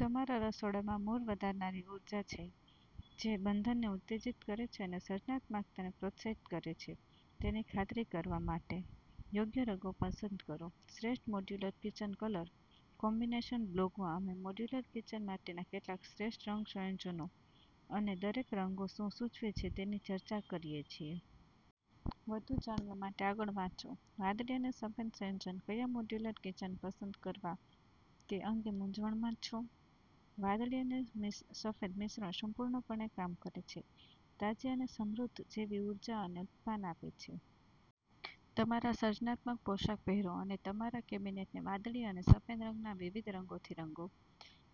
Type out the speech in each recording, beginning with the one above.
તમારા રસોડામાં મૂડ વધારનારી ઉર્જા છે જે બંધનને ઉત્તેજીત કરે છે અને સર્જનાત્મકતાને પ્રોત્સાહિત કરે છે તેની ખાતરી કરવા માટે, યોગ્ય રંગો પસંદ કરો. શ્રેષ્ઠ મોડ્યુલર કિચન કલર કોમ્બિનેશનબ્લોગમાં, અમે મોડ્યુલર કિચન માટેના કેટલાક શ્રેષ્ઠ રંગ સંયોજનો અનેદરેક રંગો શું સૂચવે છે તેની ચર્ચા કરીએ છીએ. વધુ જાણવા માટે આગળ વાંચોવાદળી અને સફેદ સંયોજન કયા મોડ્યુલર કિચન રંગો પસંદ કરવા તે અંગે મૂંઝવણમાં છો? વાદળી અને સફેદ મિશ્રણ સંપૂર્ણપણે કામ કરે છે. તાજી અને સમુદ્ર જેવી ઊર્જા અને ઉત્થાન આપે છે તમારા સર્જનાત્મક પોશાક પહેરો અને તમારા કેબિનેટને વાદળી અને સફેદ રંગના વિવિધ રંગોથી રંગો.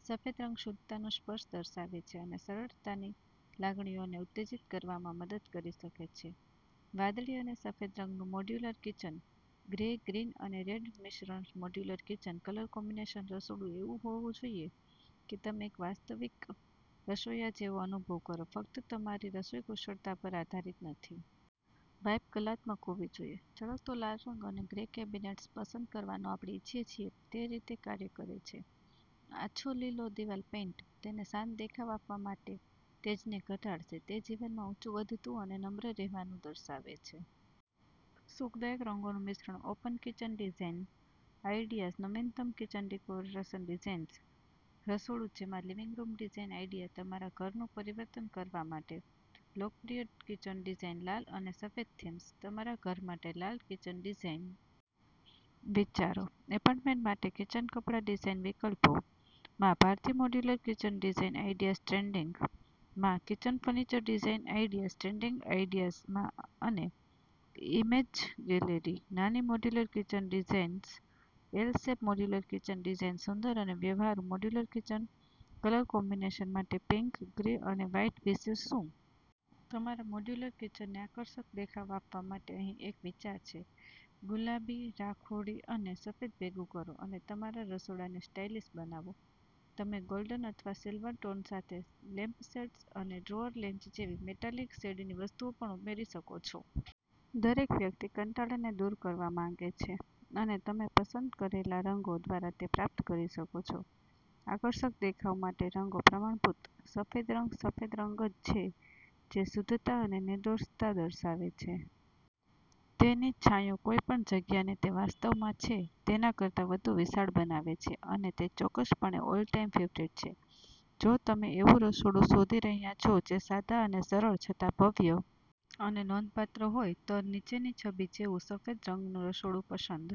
સફેદ રંગ શુદ્ધતાનો સ્પર્શ દર્શાવે છે અને સરળતાની લાગણીઓને ઉત્તેજીત કરવામાં મદદ કરી શકે છે. વાદળી અને સફેદ રંગનું મોડ્યુલર કિચન ગ્રે, ગ્રીન અને રેડનું મિશ્રણમોડ્યુલર કિચન કલર કોમ્બિનેશન રસોડું એવું હોવું જોઈએ કે તમે એક વાસ્તવિક રસોઇયા જેવો અનુભવ કરો, ફક્ત તમારી રસોઈ કુશળતા પર આધારિત નથી. વાઇબ કલાત્મક હોવી જોઈએ. ચળકતો લાલ રંગ અને ગ્રે કેબિનેટ્સ પસંદ કરવાનું આપણે ઇચ્છીએ છીએ તેરીતે કાર્ય કરે છે. આછો લીલો દિવાલ પેઇન્ટ તેને શાંત દેખાવ આપવા માટે તેજને ઘટાડશે. તે જીવનમાં ઊંચું વધતું અને નમ્ર રહેવાનું દર્શાવે છે. સુખદાયક રંગોનું મિશ્રણ ઓપન કિચન ડિઝાઇન આઇડિયાઝનવીનતમ કિચન ડેકોરેશન ડિઝાઇન્સ, રસોડું જેમાં લિવિંગ રૂમ ડિઝાઇન આઇડિયાતમારા ઘરનું પરિવર્તન કરવા માટે, લોકપ્રિય કિચન ડિઝાઇન લાલ અને સફેદ થીમ્સ, તમારા ઘર માટે લાલ કિચન ડિઝાઇન વિચારો, એપાર્ટમેન્ટ માટે કિચન કપડા ડિઝાઇન વિકલ્પો, માં ભારતીય modular kitchen design ideas trending, માં kitchen furniture design ideas trending ideas અને ઇમેજ ગેલેરી, નાની modular kitchen design L shape modular kitchen ડિઝાઇન્સસુંદર અને વ્યવહારુ, મોડ્યુલર કિચન કલર કોમ્બિનેશન માટે પિંક, ગ્રે અને વ્હાઇટ વિશે શું? તમારા મોડ્યુલર કિચનને આકર્ષક દેખાવ આપવા માટે અહીં એક વિચાર છે. ગુલાબી, રાખોડી અને સફેદ ભેગું કરો અને તમારા રસોડાને સ્ટાઇલિશ બનાવો. તમે ગોલ્ડન અથવા સિલ્વર ટોન સાથે લેમ્પશેડ્સ અને ડ્રોઅર લેચ જેવી મેટાલિક શેડની વસ્તુઓ પણ ઉમેરી શકો છો. દરેક વ્યક્તિ કંટાળાને દૂર કરવા માંગે છે, અને તમે પસંદ કરેલા રંગો દ્વારા તે પ્રાપ્ત કરી શકો છો. આકર્ષક દેખાવ માટે રંગો પ્રમાણભૂત સફેદ રંગ સફેદરંગ છે જે શુદ્ધતા અને નિર્દોષતા દર્શાવે છે. તેની છાંયો કોઈપણ જગ્યાને તે વાસ્તવમાં છે તેના કરતા વધુ વિશાળ બનાવે છે અને તે ચોક્કસપણે ઓલ ટાઈમ ફેવરિટ છે. જો તમે એવું રસોડું શોધી રહ્યા છો જે સાદા અને સરળ છતાં ભવ્ય અને નોંધપાત્ર હોય, તો નીચેની છબી જેવું સફેદ રંગનું રસોડું પસંદ